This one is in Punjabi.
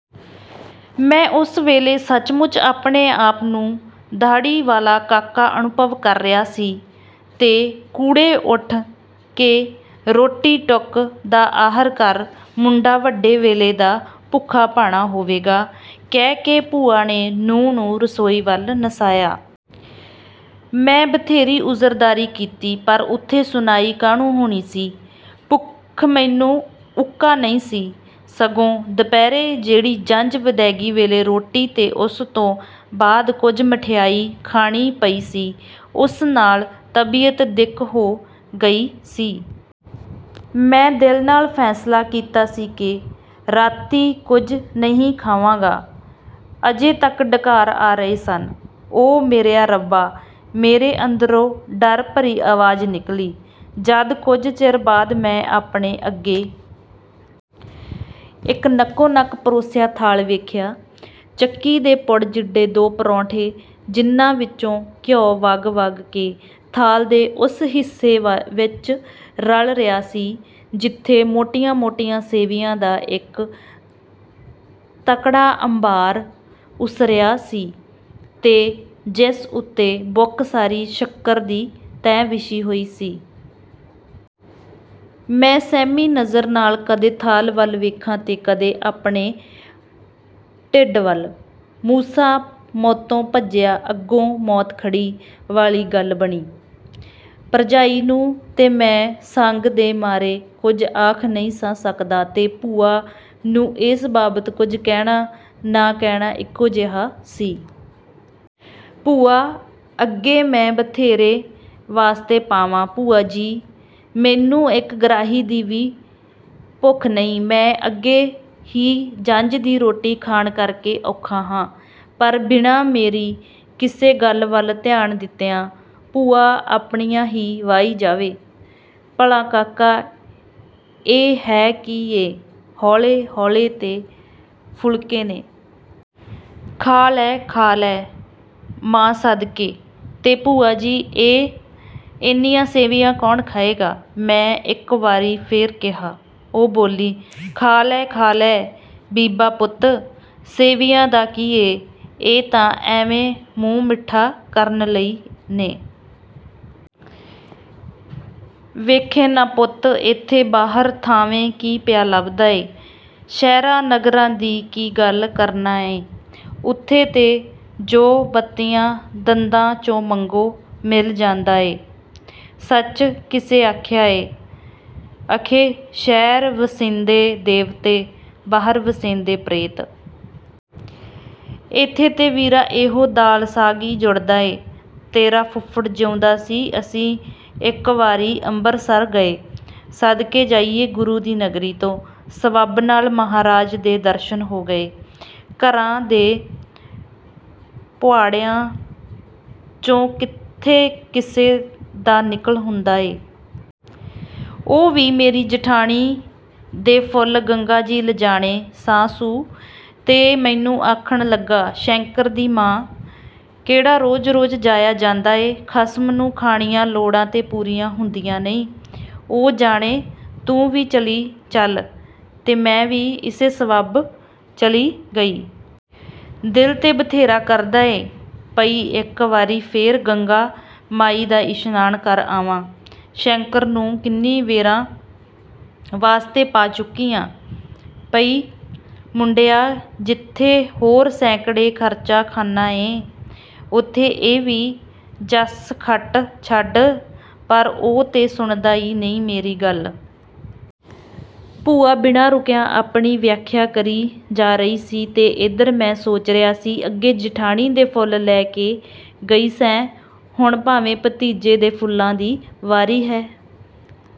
" ਮੈਂ ਉਸ ਵੇਲੇ ਸੱਚ ਮੁੱਚ ਆਪਣੇ ਆਪ ਨੂੰ ਦਾਹੜੀ ਵਾਲਾ ਕਾਕਾ ਅਨੁਭਵ ਕਰ ਰਿਹਾ ਸਾਂ। "ਤੇ ਕੁੜੇ ਉਠ ਕੇ ਰੋਟੀ ਟੁਕ ਦਾ ਆਹਰ ਕਰ। ਮੁੰਡਾ ਵੱਡੇ ਵੇਲੇ ਦਾ ਭੁੱਖਾ ਭਾਣਾ ਹੋਵੇਗਾ। " ਕਹਿ ਕੇ ਭੂਆ ਨੇ ਨੂੰਹ ਨੂੰ ਰਸੋਈ ਵੱਲ ਨਸਾਇਆ। ਮੈਂ ਬਥੇਰੀ ਉਜ਼ਰਦਾਰੀ ਕੀਤੀ, ਪਰ ਉਥੇ ਸੁਣਾਈ ਕਾਹਨੂੰ ਹੋਣੀ ਸੀ। ਭੁੱਖ ਮੈਨੂੰ ਉੱਕਾ ਨਹੀਂ ਸੀ, ਸਗੋਂ ਦੁਪਹਿਰੇ ਜਿਹੜੀ ਜੰਞ ਵਿਦੈਗੀ ਵੇਲੇ ਰੋਟੀ ਤੇ ਉਸ ਤੋਂ ਬਾਅਦ ਕੁਝ ਮਠਿਆਈ ਖਾਣੀ ਪਈ ਸੀ, ਉਸ ਨਾਲ ਤਬੀਅਤ ਦਿਕ ਹੋ ਗਈ ਸੀ। ਮੈਂ ਦਿਲ ਨਾਲ ਫੈਸਲਾ ਕੀਤਾ ਸੀ ਕਿ ਰਾਤੀਂ ਕੁਝ ਨਹੀਂ ਖਾਵਾਂਗਾ। ਅਜੇ ਤੱਕ ਡਕਾਰ ਆ ਰਹੇ ਸਨ। "ਓ ਮੇਰਿਆ ਰੱਬਾ" ਮੇਰੇ ਅੰਦਰੋਂ ਡਰ ਭਰੀ ਆਵਾਜ਼ ਨਿਕਲੀ, ਜਦ ਕੁਝ ਚਿਰ ਬਾਅਦ ਮੈਂ ਆਪਣੇ ਅੱਗੇ ਇਕ ਨੱਕੋ ਨੱਕ ਪਰੋਸਿਆ ਥਾਲ ਵੇਖਿਆ, ਚੱਕੀ ਦੇ ਪੁੜ ਜਿੱਡੇ ਦੋ ਪਰੌਂਠੇ ਜਿਨ੍ਹਾਂ ਵਿਚੋਂ ਘਿਉ ਵਗ ਵਗ ਕੇ ਥਾਲ ਦੇ ਉਸ ਹਿੱਸੇ ਵਿਚ ਰਲ ਰਿਹਾ ਸੀ ਜਿਥੇ ਮੋਟੀਆਂ ਮੋਟੀਆਂ ਸੇਵੀਆਂ ਦਾ ਇਕ ਤਕੜਾ ਅੰਬਾਰ ਉਸਰਿਆ ਸੀ, ਤੇ ਜਿਸ ਉਤੇ ਬੁੱਕ ਸਾਰੀ ਸ਼ੱਕਰ ਦੀ ਤਹਿ ਵਿਛੀ ਹੋਈ ਸੀ। ਮੈਂ ਸਹਿਮੀ ਨਜ਼ਰ ਨਾਲ ਕਦੇ ਥਾਲ ਵੱਲ ਵੇਖਾਂ ਤੇ ਕਦੇ ਆਪਣੇ ਢਿੱਡ ਵੱਲ। "ਮੂਸਾ ਮੌਤੋਂ ਭੱਜਿਆ, ਅੱਗੋਂ ਮੌਤ ਖੜੀ" ਵਾਲੀ ਗੱਲ ਬਣੀ। ਭਰਜਾਈ ਨੂੰ ਤੇ ਮੈਂ ਸੰਗ ਦੇ ਮਾਰੇ ਕੁਝ ਆਖ ਨਹੀਂ ਸਾਂ ਸਕਦਾ, ਤੇ ਭੂਆ ਨੂੰ ਏਸ ਬਾਬਤ ਕੁਝ ਕਹਿਣਾ, ਨਾ ਕਹਿਣਾ ਇਕੋ ਜਿਹਾ ਸੀ। ਭੂਆ ਅੱਗੇ ਮੈਂ ਬਥੇਰੇ ਵਾਸਤੇ ਪਾਵਾਂ, "ਭੂਆ ਜੀ, ਮੈਨੂੰ ਇਕ ਗਰਾਹੀ ਦੀ ਵੀ ਭੁੱਖ ਨਹੀਂ, ਮੈਂ ਅੱਗੇ ਹੀ ਜੰਞ ਦੀ ਰੋਟੀ ਖਾਣ ਕਰ ਕੇ ਔਖਾ ਹਾਂ", ਪਰ ਬਿਨਾਂ ਮੇਰੀ ਕਿਸੇ ਗੱਲ ਵੱਲ ਧਿਆਨ ਦਿੱਤਿਆਂ ਭੂਆ ਆਪਣੀਆਂ ਹੀ ਵਾਹੀ ਜਾਵੇ, "ਭਲਾ ਕਾਕਾ, ਇਹ ਹੈ ਕੀ ਏ, ਹੌਲੇ ਹੌਲੇ ਤੇ ਫੁਲਕੇ ਨੇ। ਖਾ ਲੈ, ਖਾ ਲੈ ਮਾਂ ਸਦਕੇ। " "ਤੇ ਭੂਆ ਜੀ, ਇਹ ਏਨੀਆਂ ਸੇਵੀਆਂ ਕੌਣ ਖਾਏਗਾ? " ਮੈਂ ਇਕ ਵਾਰੀ ਫੇਰ ਕਿਹਾ। ਉਹ ਬੋਲੀ, "ਖਾ ਲੈ, ਖਾ ਲੈ, ਬੀਬਾ ਪੁੱਤ। ਸੇਵੀਆਂ ਦਾ ਕੀ ਏ, ਇਹ ਤੇ ਐਵੇਂ ਮੂੰਹ ਮਿੱਠਾ ਕਰਨ ਲਈ ਨੇ। ਵੇਖੇਂ ਨਾ ਪੁੱਤ, ਏਥੇ ਬਾਹਰ ਥਾਵੇਂ ਕੀ ਪਿਆ ਲੱਭਦਾ ਏ। ਸ਼ਹਿਰਾਂ ਨਗਰਾਂ ਦੀ ਕੀ ਗੱਲ ਕਰਨਾ ਏ, ਉਥੇ ਤੇ ਜੋ ਬੱਤੀਆਂ ਦੰਦਾਂ 'ਚੋਂ ਮੰਗੋ, ਮਿਲ ਜਾਂਦਾ ਏ। ਸੱਚ ਕਿਸੇ ਆਖਿਆ ਏ, ਅਖੇ 'ਸ਼ਹਿਰ ਵਸੰਦੇ ਦੇਵਤੇ ਬਾਹਰ ਵਸੰਦੇ ਪ੍ਰੇਤ'। ਏਥੇ ਤੇ ਵੀਰਾ ਇਹੋ ਦਾਲ ਸਾਗ ਈ ਜੁੜਦਾ ਏ। ਤੇਰਾ ਫੁਫੜ ਜਿਊਂਦਾ ਸੀ, ਅਸੀਂ ਇਕ ਵਾਰੀ ਅੰਬਰਸਰ ਗਏ। ਸਦਕੇ ਜਾਈਏ ਗੁਰੂ ਦੀ ਨਗਰੀ ਤੋਂ। ਸਬੱਬ ਨਾਲ ਮਹਾਰਾਜ ਦੇ ਦਰਸ਼ਨ ਹੋ ਗਏ, ਘਰਾਂ ਦੇ ਪੁਆੜਿਆਂ 'ਚੋਂ ਕਿਥੇ ਕਿਸੇ ਦਾ ਨਿਕਲ ਹੁੰਦਾ ਏ। ਉਹ ਵੀ ਮੇਰੀ ਜਠਾਣੀ ਦੇ ਫੁੱਲ ਗੰਗਾ ਜੀ ਲਿਜਾਣੇ ਸਾ ਸੂ, ਤੇ ਮੈਨੂੰ ਆਖਣ ਲੱਗਾ, 'ਸ਼ੈਂਕਰ ਦੀ ਮਾਂ, ਕਿਹੜਾ ਰੋਜ਼ ਰੋਜ਼ ਜਾਇਆ ਜਾਂਦਾ ਏ, ਖਸਮ ਨੂੰ ਖਾਣੀਆਂ ਲੋੜਾਂ ਤੇ ਪੂਰੀਆਂ ਹੁੰਦੀਆਂ ਨਹੀਂ, ਉਹ ਜਾਣੇ ਤੂੰ ਵੀ ਚਲੀ ਚੱਲ', ਤੇ ਮੈਂ ਵੀ ਇਸੇ ਸਬੱਬ ਚਲੀ ਗਈ। ਦਿਲ ਤੇ ਬਥੇਰਾ ਕਰਦਾ ਏ ਪਈ ਇਕ ਵਾਰੀ ਫੇਰ ਗੰਗਾ ਮਾਈ ਦਾ ਇਸ਼ਨਾਨ ਕਰ ਆਵਾਂ, ਸ਼ੈਂਕਰ ਨੂੰ ਕਿੰਨੀ ਵੇਰਾਂ ਵਾਸਤੇ ਪਾ ਚੁੱਕੀ ਆਂ, ਪਈ ਮੁੰਡਿਆ ਜਿਥੇ ਹੋਰ ਸੈਂਕੜੇ ਖਰਚਦਾ ਖਾਨਾ ਏਂ, ਉਥੇ ਇਹ ਵੀ ਜੱਸ ਖੱਟ ਛੱਡ, ਪਰ ਉਹ ਤੇ ਸੁਣਦਾ ਈ ਨਹੀਂ ਮੇਰੀ ਗੱਲ। " ਭੂਆ ਬਿਨਾਂ ਰੁਕਿਆ ਆਪਣੀ ਵਿਆਖਿਆ ਕਰੀ ਜਾ ਰਹੀ ਸੀ, ਤੇ ਏਧਰ ਮੈਂ ਸੋਚ ਰਿਹਾ ਸਾਂ, "ਅੱਗੇ ਜਿਠਾਣੀ ਦੇ ਫੁੱਲ ਲੈ ਕੇ ਗਈ ਸੈਂ, ਹੁਣ ਭਾਵੇਂ ਭਤੀਜੇ ਦੇ ਫੁੱਲਾਂ ਦੀ ਵਾਰੀ ਹੈ।